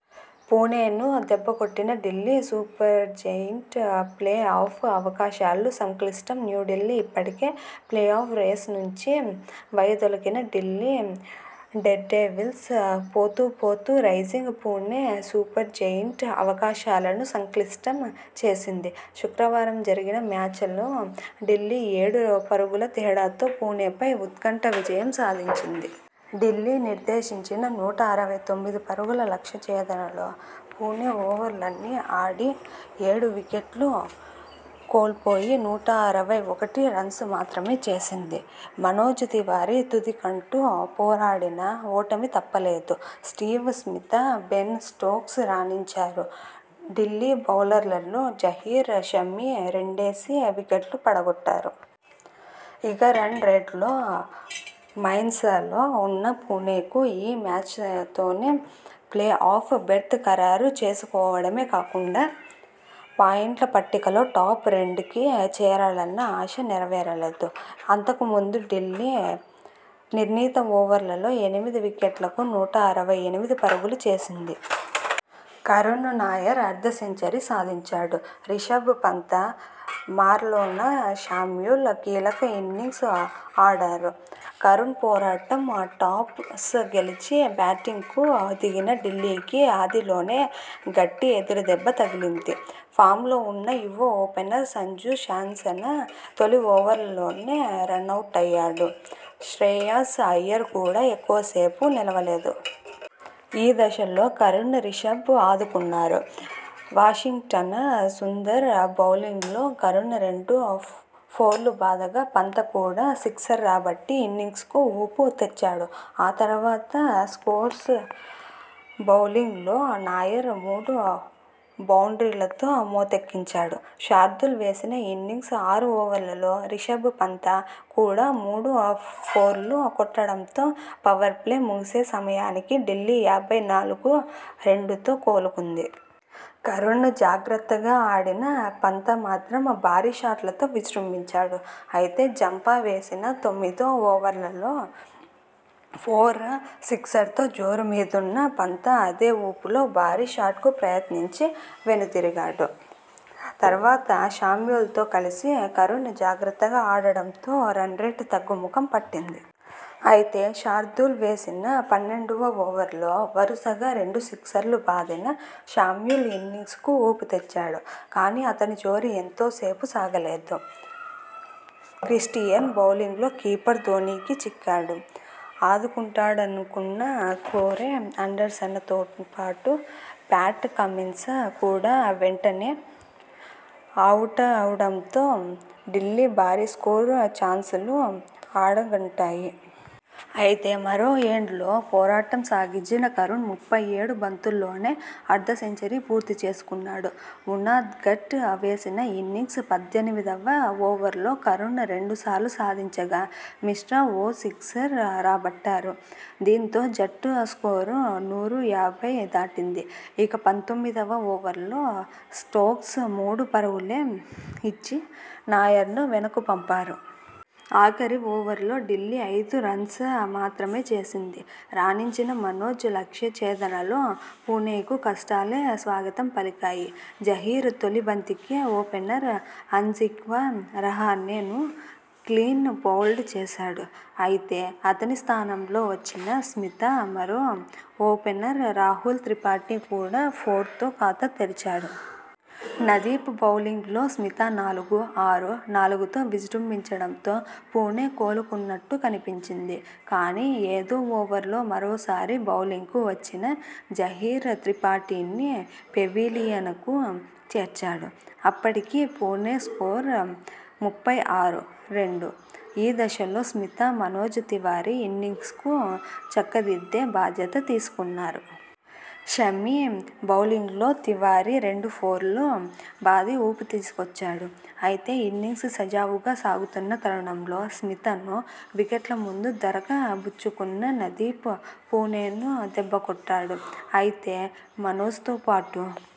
పుణెను దెబ్బకొట్టిన Delhi Supergiant play off అవకాశాలు సంక్లిష్టం న్యూఢిల్లీ ఇప్పటికే ప్లే ఆఫ్ రేసు నుంచి వైదొలిగిన ఢిల్లీ డేర్డెవిల్స్ పోతూపోతూ రైజింగ్ పుణె సూపర్జెయింట్ అవకాశాలను సంక్లిష్టం చేసింది. శుక్రవారం జరిగిన మ్యాచలో ఢిల్లీ ఏడు పరుగుల తేడాతో పుణెపై ఉత్కంఠ విజయం సాధించింది. ఢిల్లీ నిర్దేశించిన నూట అరవై తొమ్మిది పరుగుల లక్ష్య ఛేదనలో పుణె ఓవర్లన్నీ ఆడి ఏడు వికెట్లు కోల్పోయి నూట అరవై ఒకటి రన్స్ మాత్రమే చేసింది. మనోజ్ తివారి తుదికంటా పోరాడినా ఓటమి తప్పలేదు. స్టీవ్ స్మిత, బెన స్టోక్స్ రాణించారు. ఢిల్లీ బౌలర్లలో జహీర్, షమి రెండేసి వికెట్లు పడగొట్టారు. ఇక రన్ రేట్లో మైన్సలో ఉన్న పుణెకు ఈ మ్యాచతోనే ప్లే ఆఫ్ బెర్త్ ఖరారు చేసుకోవడమే కాకుండా పాయింట్ల పట్టికలో టాప్ రెండు కి చేరాలన్న ఆశ నెరవేరలేదు. అంతకుముందు ఢిల్లీ నిర్ణీత ఓవర్లలో ఎనిమిది వికెట్లకు నూట అరవై ఎనిమిది పరుగులు చేసింది. కరుణ్ నాయర్ అర్ధ సెంచరీ సాధించాడు. రిషభ్ పంత, మార్లోన శామ్యూల్స్ కీలక ఇన్నింగ్స్ ఆడారు. కరుణ్ పోరాటం టాస్ గెలిచి బ్యాటింగ్కు దిగిన ఢిల్లీకి ఆదిలోనే గట్టి ఎదురుదెబ్బ తగిలింది. ఫామ్లో ఉన్న యువ ఓపెనర్ సంజూ శాంసన తొలి ఓవర్లోనే రనౌటయ్యాడు. శ్రేయాస్ అయ్యర్ కూడా ఎక్కువ సేపు నిలవలేదు. ఈ దశలో కరుణ్, రిషభ్ ఆదుకున్నారు. వాషింగ్టన సుందర్ బౌలింగ్లో కరుణ్ రెండు ఫోర్లు బాదగా పంత కూడా సిక్సర్ రాబట్టి ఇన్నింగ్స్కు ఊపు తెచ్చాడు. ఆ తర్వాత స్టోక్స్ బౌలింగ్లో నాయర్ మూడు బౌండ్రీలతో మోతెక్కించాడు. శార్దూల్ వేసిన ఇన్నింగ్స్ ఆరో ఓవర్లో రిషభ్ పంత కూడా మూడు ఫోర్లు కొట్టడంతో పవర్ ప్లే ముగిసే సమయానికి ఢిల్లీ యాభై నాలుగు రెండుతో కోలుకుంది. కరుణ్ జాగ్రత్తగా ఆడినా పంత మాత్రం భారీ షాట్లతో విజృంభించాడు. అయితే జంపా వేసిన తొమ్మిదో ఓవర్లో ఫోర్, సిక్సర్తో జోరు మీదున్న పంత అదే ఊపులో భారీ షాట్కు ప్రయత్నించి వెనుదిరిగాడు. తర్వాత శామ్యూల్స్తో కలిసి కరుణ్ జాగ్రత్తగా ఆడడంతో రనరేట్ తగ్గుముఖం పట్టింది. అయితే శార్దూల్ వేసిన పన్నెండువ ఓవర్లో వరుసగా రెండు సిక్సర్లు బాదిన శామ్యూల్స్ ఇన్నింగ్స్కు ఊపుతెచ్చాడు. కానీ అతని జోరు ఎంతో సేపు సాగలేదు. క్రిస్టియన బౌలింగ్లో కీపర్ ధోనీకి చిక్కాడు. ఆదుకుంటాడనుకున్న కోరె అండర్సన తోపాటు ప్యాట్ కమిన్స కూడా వెంటనే అవుటవడంతో ఢిల్లీ భారీ స్కోరు చాన్సలు అడగంటాయి. అయితే మరో ఎండ్లో పోరాటం సాగించిన కరుణ్ ముప్పై ఏడు బంతుల్లోనే అర్ధ సెంచరీ పూర్తిచేసుకున్నాడు. ఉనాద్కట్ వేసిన ఇన్నింగ్స్ పద్దెనిమిదివ ఓవర్లో కరుణ్ రెండు ఫోర్లు సాధించగా, మిశ్రా ఓ సిక్సర్ రాబట్టాడు. దీంతో జట్టు స్కోరు నూట యాభై దాటింది. ఇక పంతొమ్మిదివ ఓవర్లో స్టోక్స్ మూడు పరుగులే ఇచ్చి నాయర్ను వెనక్కుపంపాడు. ఆఖరి ఓవర్లో ఢిల్లీ ఐదు రన్స మాత్రమే చేసింది. రాణించిన మనోజ్ లక్ష్య ఛేదనలో పుణెకు కష్టాలే స్వాగతం పలికాయి. జహీర్ తొలి బంతికే ఓపెనర్ అజింక్యా రహానె ను క్లీన్ బౌల్డ్ చేశాడు. అయితే అతని స్థానంలో వచ్చిన స్మిత, మరో ఓపెనర్ రాహుల్ త్రిపాఠి కూడా ఫోర్తో ఖాతా తెరిచారు. నదీమ్ బౌలింగ్లో స్మిత నాలుగు, ఆరు, నాలుగుతో విజృంభించడంతో పుణె కోలుకున్నట్టు కనిపించింది. కానీ ఐదో ఓవర్లో మరోసారి బౌలింగ్కు వచ్చిన జహీర్ త్రిపాఠిని పెవిలియనకు చేర్చాడు. అప్పటికి పుణె స్కోరు ముప్పై ఆరు/రెండు. ఈ దశలో స్మిత, మనోజ్ తివారి ఇన్నింగ్స్ను చక్కదిద్దే బాధ్యత తీసుకున్నారు. షమి బౌలింగ్లో తివారి రెండు ఫోర్లు బాది ఊపు తీసుకొచ్చాడు. అయితే ఇన్నింగ్స్ సజావుగా సాగుతున్న తరుణంలో స్మితను వికెట్ల ముందు దొరక బుచ్చుకున్న నదీమ్ పుణెను దెబ్బకొట్టాడు. అయితే మనోజ్తోపాటు